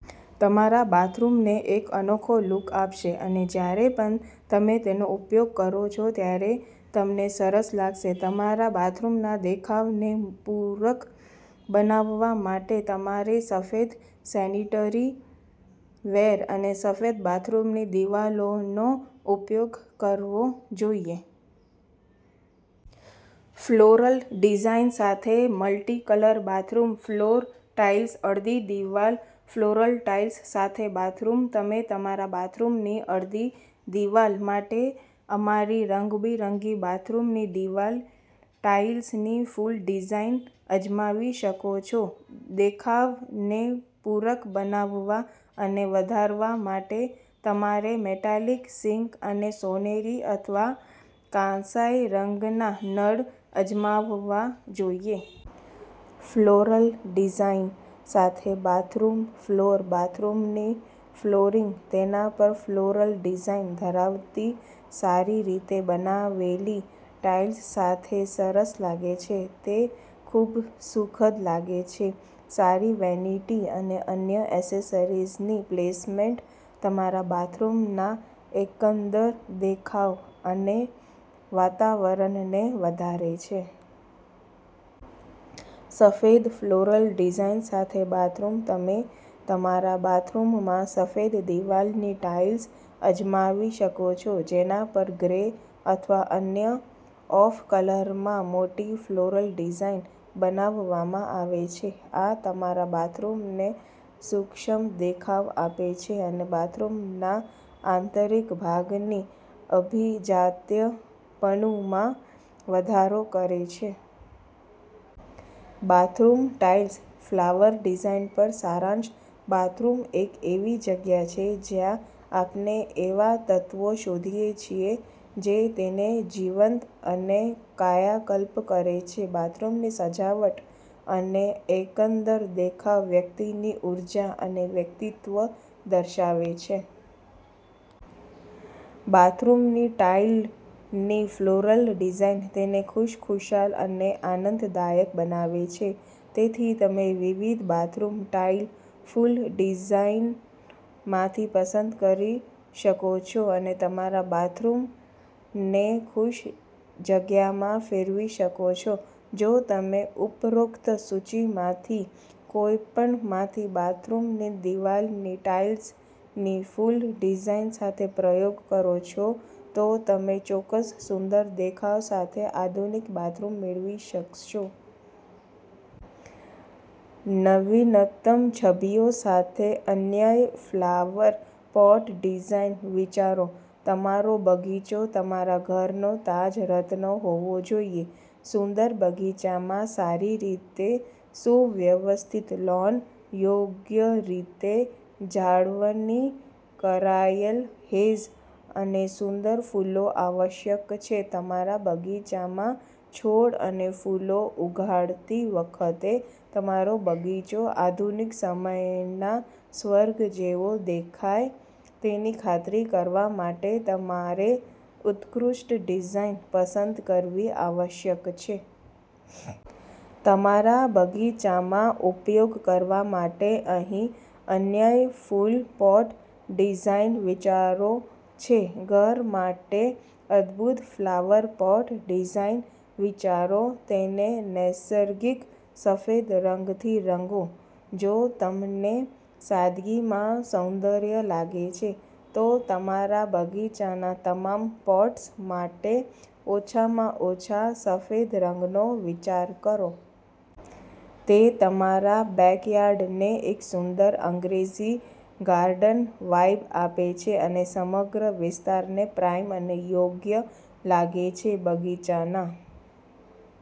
તમારા બાથરૂમને એક અનોખો લુક આપશે અને જ્યારે પણ તમે તેનો ઉપયોગ કરો છો ત્યારે તમને સરસ લાગશે. તમારા બાથરૂમના દેખાવને પૂરક બનાવવા માટે, તમારે સફેદ સેનિટરી વેર અને સફેદ બાથરૂમની દિવાલોનો ઉપયોગ કરવો જોઈએ. ફ્લોરલ ડિઝાઇન સાથે મલ્ટી-કલર બાથરૂમ ફ્લોર ટાઇલ્સ અડધી દિવાલ ફ્લોરલ ટાઇલ્સ સાથે બાથરૂમ તમે તમારા બાથરૂમની અડધી દિવાલ માટે અમારી રંગબેરંગી બાથરૂમની દિવાલ ટાઇલ્સની ફૂલ ડિઝાઇન અજમાવી શકો છો. દેખાવને પૂરક બનાવવા અને વધારવા માટે, તમારે મેટાલિક સિંક અને સોનેરી અથવા કાંસ્ય રંગના નળ અજમાવવા જોઈએ. ફ્લોરલ ડિઝાઇન સાથે બાથરૂમ ફ્લોર બાથરૂમનું ફ્લોરિંગ તેના પર ફ્લોરલ ડિઝાઇન ધરાવતી સારી રીતે બનાવેલી ટાઇલ્સ સાથે સરસ લાગે છે. તે ખૂબસુખદ લાગે છે. સારી વેનિટી અને અન્ય એસેસરીઝની પ્લેસમેન્ટ તમારા બાથરૂમના એકંદર દેખાવ અને વાતાવરણને વધારે છે. સફેદ ફ્લોરલ ડિઝાઇન સાથે બાથરૂમ તમે તમારા બાથરૂમમાં સફેદ દિવાલની ટાઇલ્સ અજમાવી શકો છો, જેના પર ગ્રે અથવા અન્ય ઑફ કલરમાં મોટી ફ્લોરલ ડિઝાઇન બનાવવામાં આવે છે. આ તમારા બાથરૂમને સૂક્ષ્મ દેખાવ આપે છે અને બાથરૂમના આંતરિક ભાગની અભિજાત્યપણુમાં વધારો કરે છે. બાથરૂમ ટાઇલ્સ ફ્લાવર ડિઝાઇન પર સારાંશ બાથરૂમ એક એવી જગ્યા છે જ્યાં આપણે એવા તત્વો શોધીએ છીએ જે તેને જીવંત અને કાયાકલ્પ કરે છે. બાથરૂમની સજાવટ અને એકંદર દેખાવ વ્યક્તિની ઊર્જા અને વ્યક્તિત્વ દર્શાવે છે. બાથરૂમની ટાઇલની ફ્લોરલ ડિઝાઇન તેને ખુશખુશાલ અને આનંદદાયક બનાવે છે. તેથી, તમે વિવિધ બાથરૂમ ટાઇલ ફૂલ ડિઝાઇનમાંથી પસંદ કરી શકો છો અને તમારા બાથરૂમને ખુશ જગ્યામાં ફેરવી શકો છો. જો તમે ઉપરોક્ત સૂચિમાંથી કોઈપણમાંથી બાથરૂમની દિવાલની ટાઇલ્સની ફૂલ ડિઝાઇન સાથે પ્રયોગ કરો છો, તો તમે ચોક્કસ સુંદર દેખાવ સાથે આધુનિક બાથરૂમ મેળવી શકશો. નવીનતમ છબીઓ સાથે અનન્ય ફ્લાવર પોટ ડિઝાઇન વિચારો તમારો બગીચો તમારા ઘરનો તાજ રત્ન હોવો જોઈએ. સુંદર બગીચામાં સારી રીતે સુવ્યવસ્થિત લૉન, યોગ્ય રીતે જાળવણી કરાયેલ હેજ અને સુંદર ફૂલો આવશ્યક છે. તમારા બગીચામાં છોડ અને ફૂલો ઉગાડતી વખતે, તમારો બગીચો આધુનિક સમયના સ્વર્ગ જેવો દેખાય તેની ખાતરી કરવા માટે તમારે ઉત્કૃષ્ટ ડિઝાઇન પસંદ કરવી આવશ્યક છે. તમારા બગીચામાં ઉપયોગ કરવા માટે અહીં અનન્ય ફૂલ પોટ ડિઝાઇન વિચારો છે. ઘર માટે અદભૂત ફ્લાવર પોટ ડિઝાઇન વિચારો તેને નૈસર્ગિક સફેદ રંગથી રંગો જો તમને સાદગીમાં સૌંદર્ય લાગે છે, તો તમારા બગીચાના તમામ પોટ્સ માટે ઓછામાં ઓછા સફેદ રંગનો વિચાર કરો. તે તમારા બેકયાર્ડને એક સુંદર અંગ્રેજી ગાર્ડન વાઇબ આપે છે અને સમગ્ર વિસ્તારને પ્રાઇમ અને યોગ્ય લાગે છે. બગીચાના